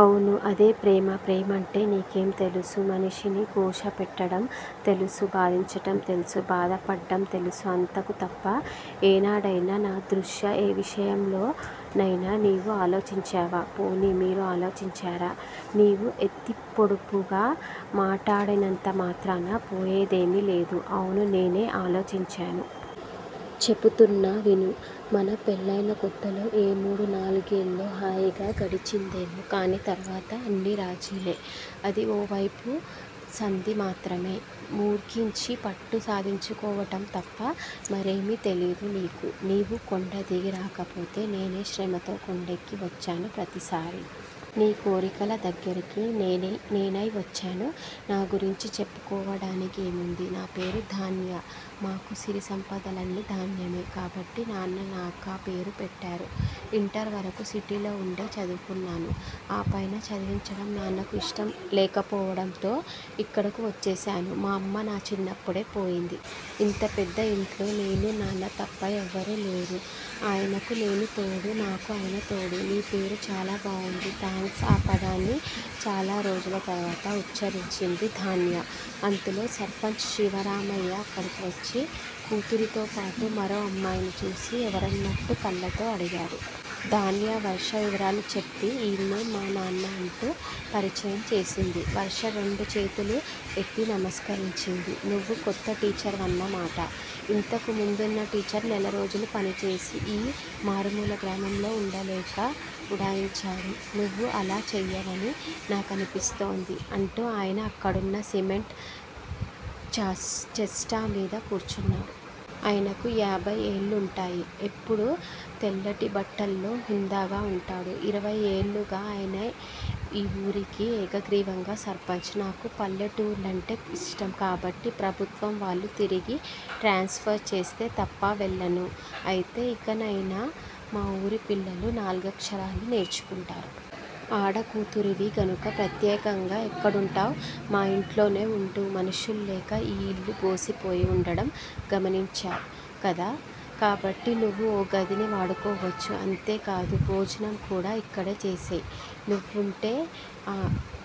అవును, అదే ప్రేమ-- ప్రేమంటే నీకేం తెలుసు? మనిషిని ఘోష పెట్టడం తెలుసు? బాధించటం తెలుసు, బాధపడ్డం తెలుసు. అంతకు తప్ప ఏనాడయినా నా దృష్ట్యా ఏ విషయంలో నైనా నీవు ఆలోచించావా? పోనీ మీరు ఆలోచించారా? నీవు ఎత్తి పొడుపుగా మాటాడినంత మాత్రాన పోయేదేమీలేదు అవును నేనే ఆలోచించాను. చెపుతున్నా విను. మన పెళ్ళయిన కొత్తలో ఏ మూడు నాలుగేల్లో హాయిగా గడిచిందేమో కాని తర్వాత అన్ని రాజీలే-- అది ఓ వైపు సంధి మాత్రమే. ముర్ఖించి పట్టు సాధించుకోవటం తప్ప మరేమీ తెలీదు నీకు. నీవు కొండ దిగి రాకపోతే నేనే శ్రమతో కొండెక్కి వచ్చాను ప్రతిసారి. నీ కోరికల దగ్గరికి నేనై వచ్చాను. నా గురించి చెప్పుకోవడానికేముంది? నాపేరు ధాన్య. మాకు సిరి సంపదలన్నీ ధాన్యమే కాబట్టి నాన్న నాకా పేరు పెట్టారు. ఇంటర్ వరకు సిటీలో వుండే చదువుకున్నాను. ఆపైన చదివించడం నాన్నకు ఇష్టం లేకపోవడంతో ఇక్కడకు వచ్చేశాను. మా అమ్మ నా చిన్నప్పుడే పోయింది. ఇంత పెద్ద ఇంట్లో నేనూ నాన్న తప్ప ఎవరూ లేరు. ఆయనకు నేను తోడు, నాకు ఆయన తోడు. నీ పేరు చాలా బావుంది. థాంక్స్ ఆ పదాన్ని చాలారోజుల తరువాత ఉచ్ఛరించింది ధాన్య. అంతలో సర్పంచ్ శివరామయ్య అక్కడికి వచ్చి కూతురితోపాటు మరో అమ్మాయిని చూసి, ఎవరన్నట్టు కళ్ళతో అడిగాడు. ధాన్య వర్ష వివరాలు చెప్పి ఈయనే మా నాన్న అంటూ పరిచయం చేసింది. వర్ష రెండు చేతులూ ఎత్తి నమస్కరించింది. నువ్వు కొత్త టీచర్ వన్న మాట. ఇంతకు ముందున్న టీచర్ నెలరోజులు పనిచేసి ఈ మారుమూల గ్రామంలో వుండలేక ఉడాయించాడు. నువ్వు అలా చెయ్యవని నాకనిపిస్తోంది అంటూ ఆయన అక్కడున్న సిమెంట్ చప్టా మీద కూర్చున్నాడు. ఆయనకు ఏభై ఏళ్ళుంటాయి. ఎప్పుడూ తెల్లటి బట్టల్లో హుందాగా వుంటాడు. ఇరవై ఏళ్ళుగా ఆయనే ఈ వూరికి ఏకగ్రీవంగా సర్పంచ్. నాకు పల్లెటూర్లంటే ఇష్టం. కాబట్టి ప్రభుత్వం వాళ్ళు తిరిగి ట్రాన్స్ ఫర్ చేస్తే తప్ప వెళ్ళను. అయితే ఇకనయినా మా ఊరి పిల్లలు నాలుగక్షరాలు నేర్చుకుంటారు. ఆడకూతురివి గనుక ప్రత్యేకంగా ఎక్కడుంటావ్? మా ఇంట్లోనే వుండు. మనుషుల్లేక ఈ ఇల్లు బోసిపోయి వుండడం గమనించావ్ కదా. కాబట్టి నువ్వు ఓగదిని వాడుకోవచ్చు. అంతే కాదు. భోజనం కూడా ఇక్కడే చేసెయ్. నువ్వుంటే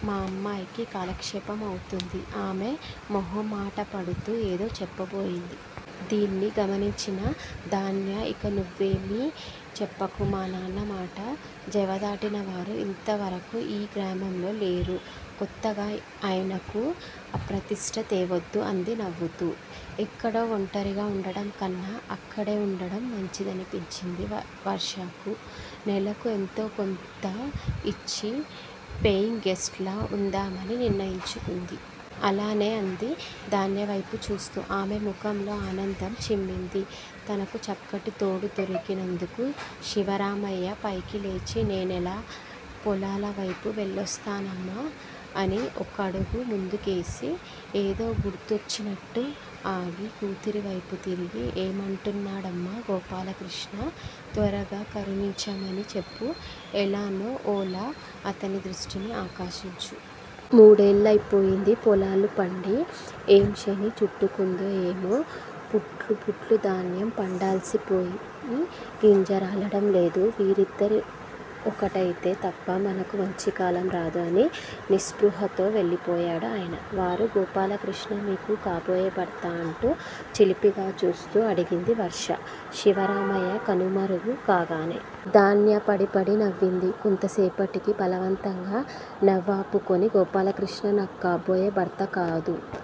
మా అమ్మాయికీ కాలక్షేపం అవుతుంది. ఆమె మొహమాటపడతూ ఏదో చెప్పబోయింది. దీన్ని గమనించిన ధాన్య ఇక నువ్వేమీ చెప్పకు. మా నాన్న మాట జవదాటినవారు ఇంతవరకూ ఈ గ్రామంలో లేరు. కొత్తగా ఆయనకు అప్రతిష్ట తేవద్దు అంది నవ్వుతూ. ఎక్కడో ఒంటరిగా వుండటం కన్నా అక్కడే వుండడం మంచిదనిపించింది. వర్షకు. నెలకు ఎంతో కొంత ఇచ్చి పెయింగ్ గెస్ట్ లా వుందామని నిర్ణయించుకుంది. అలానే అంది ధాన్యవైపు చూస్తూ. ఆమె ముఖంలో ఆనందం చిమ్మింది, తనకు చక్కటి తోడు దొరికి నందుకు. శివరామయ్య పైకి లేచి నేనలా పొలాలవైపు వెళ్ళొస్తానమ్మా అని ఒకడుగు ముందుకేసి ఏదో గుర్తొచ్చినట్టు ఆగి కూతురివైపు తిరిగి ఏమంటున్నాడమ్మా గోపాలకృష్ణ? త్వరగా కరుణించమణి చెప్పు. ఎలానో ఓలా అతని దృష్టిని ఆకర్షించు. మూడేళ్ళయింది పొలాలు పండి. ఏం శని చుట్టుకుందో ఏమో? పుట్లు పుట్లు ధాన్యం పండాల్సింది పోయి గింజ రాలడం లేదు. మీరిద్దరూ ఒకటైతే తప్ప మనకు మంచికాలం రాదు అని నిస్పృహతో వెళ్ళిపోయాడు ఆయన. వారు గోపాలకృష్ణ? మీకు కాబోయే భర్తా అంటూ చిలిపిగా చూస్తూ అడిగింది వర్ష శివరామయ్య కనుమరుగు కాగానే. ధాన్య పడీ పడీ నవ్వింది. కొంతసేపటికి బలవంతంగా నవ్వాపూకుని గోపాలకృష్ణ నాక్కాబోయే భర్త కాదు.